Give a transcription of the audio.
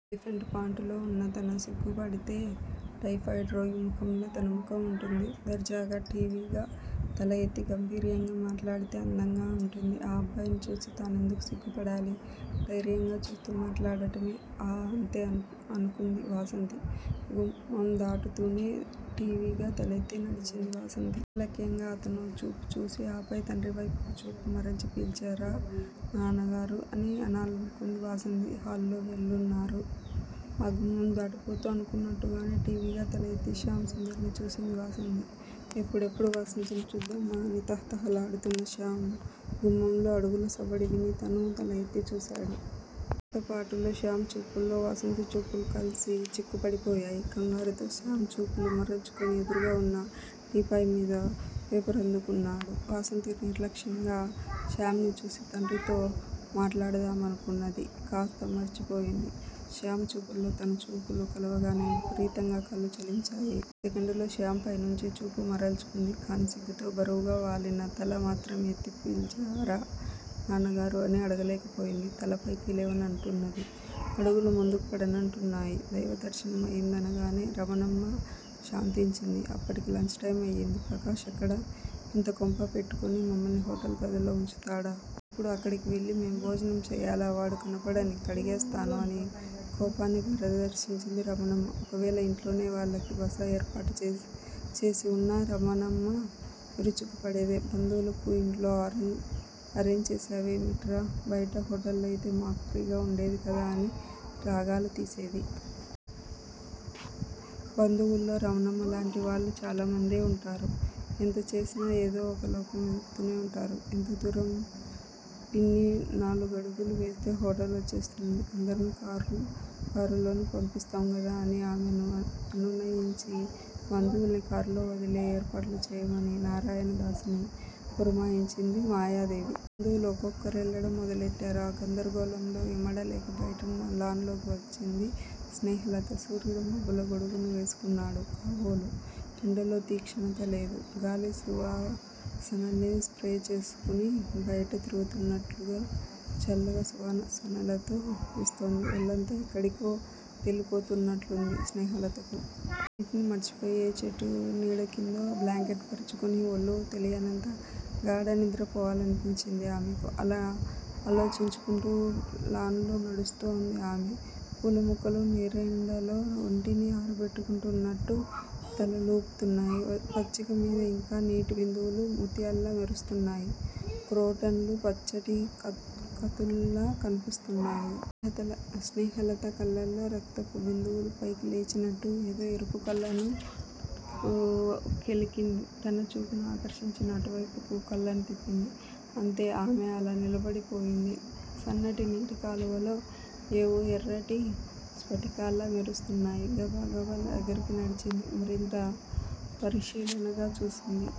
Elephant పాంటులో వున్న తను సిగ్గుపడితే టైఫాయిడ్ రోగి ముఖంలా తన ముఖం వుంటుంది. దర్జాగా ఠీవిగా తలఎత్తి గంభీర్యంగా మాట్లాడితే అందంగా వుంటుంది. ఆ అబ్బాయిని చూసి తానెందుకు సిగ్గుపడాలి! ధైర్యంగా చూస్తూ మాట్లాడటమే. ఆ అంతే అనుకుంది వాసంతి. గుమ్మందాటుతూనే ఠీవిగా తలఎత్తే నడిచింది వాసంతి. నిర్లక్ష్యంగా అతనో చూపు చూసి ఆపై తండ్రివైపుకి చూపు మరల్చి పిల్చారా నాన్నగారూ! అని అనాలనుకుంది వాసంతి. హాలులో వాళ్లున్నారు. ఆ గుమ్మం దాటబోతూ అనుకున్నట్లుగానే ఠీవిగా తలఎత్తి శ్యామ్ సుందర్ ని చూసింది వాసంతి. ఎప్పుడెప్పుడు వాసంతిని చూద్దామా అని తహతహలాడుతున్న శ్యామ్ గుమ్మంలో అడుగుల సవ్వడి విని తనూ తలఎత్తి చూశాడు. లిప్తపాటులో శ్యామ్ చూపుల్లో వాసంతి చూపులు కల్సి చిక్కుపడిపోయాయి. కంగారుతో శ్యామ్ చూపులు మరల్చుకుని ఎదురుగా వున్న టీపాయ్ మీద పేపరందుకున్నాడు. వాసంతి నిర్లక్ష్యంగా శ్యామ్ ని చూసి తండ్రితో మాట్లాడుదామనుకున్నది కాస్తా మర్చిపోయింది. శ్యామ్ చూపుల్లో తన చూపులు కలవగానే విపరీతంగా కళ్ళు చలించాయి. అరసెకండులో శ్యామ్ పైనుంచి చూపు మరల్చుకుంది. కాని సిగ్గుతో బరువుగా వాలిన తల మాత్రం ఎత్తి పిల్చారా నాన్నగారూ! అని అడగలేకపోయింది. తలపైకి లేవనంటున్నది. అడుగులు ముందుకు పడనంటున్నాయి. దైవదర్శనం అయిందనగానే రమణమ్మ శాంతించింది. అప్పటికి లంచ్ టైమ్ అయింది. ప్రకాష్ ఎక్కడ? ఇంత కొంప పెట్టుకుని మమ్మల్ని హోటల్ గదుల్లో వుంచుతాడా? ఇప్పుడు అక్కడికి వెళ్ళి మేం భోజనం చేయాలా? వాడు కనపడనీ కడిగేస్తాను అని కోపాన్ని ప్రదర్శించింది రమణమ్మ. ఒకవేళ ఇంట్లోనే వాళ్ళకి బస ఏర్పాటు చేసివున్నా రమణమ్మ విరుచుకు పడేదే. బంధువులకు ఇంట్లో అరేంజ్ చేశావేమిట్రా. బయట హోటళ్ళయితే మాకు ఫ్రీగా వుండేదికదా అని రాగాలు తీసేది. బంధువుల్లో రమణమ్మలాంటి వాళ్ళు చాలామందే వుంటారు ఎంత చేసినా ఏదో ఒక లోపం వెదుకుతూనే వుంటారు. ఎంత దూరం పిన్నీ- నాలుగడుగులు వేస్తే హోటల్ వచ్చేస్తుంది. అందర్నీ కారుల్లోనే పంపిస్తాం గదా అని ఆమెను అనునయించి బంధువుల్ని కార్లో వదిలే ఏర్పాట్లు చేయమని నారాయణదాసుని పురమాయించింది మాయాదేవి. బంధువులు ఒక్కొక్కరే వెళ్ళడం మొదలుపెట్టారు. ఆ గందరగోళంలో ఇమడలేక బయటున్న లాన్ లోకి వచ్చింది స్నేహలత. సూర్యుడు మబ్బుల గొడుగును వేసుకున్నాడు కాబోలు ఎండలో తీక్షణత లేదు. గాలి సువాసనల్ని స్ప్రే చేసుకుని బయట తిరుగుతున్నట్టు చల్లగా సువాసనలతో వీస్తోంది. ఒళ్ళంతా ఎక్కడికో తేలిపోతున్నట్లుంది స్నేహలతకు. అన్నిటినీ మరిచిపోయి ఏ చెట్టు నీడకిందో బ్లాంకెట్ పరుచుకుని ఒళ్ళు తెలియనంత గాఢనిద్ర పోవాలనిపించింది ఆమెకి. అలా ఆలోచించుకుంటూ లాన్ లో నడుస్తోంది ఆమె. పూలమొక్కలు నీరెండలో ఒంటిని ఆరబెట్టుకుంటున్నట్టు తలలూపుతున్నాయి. పచ్చికమీద ఇంకా నీటిబిందువులు ముత్యాల్లా మెరుస్తున్నాయి. క్రోటన్ లు పచ్చటి కత్తుల్లా కనిపిస్తున్నాయి. స్నేహలత కళ్ళల్లో రక్తపు బిందువులు పైకి లేచినట్టు ఏదో ఎరుపు కళ్ళను కెలికింది. తన చూపును ఆకర్షించిన అటువైపుకు కళ్ళను తిప్పింది. అంతే- ఆమె అలా నిలబడిపోయింది. సన్నటి నీటి కాలువలో ఏవో ఎర్రటి స్పటికాల్లా మెరుస్తున్నాయి. గబాగబా దగ్గరికి నడిచింది. మరింత పరిశీలనగా చూసింది.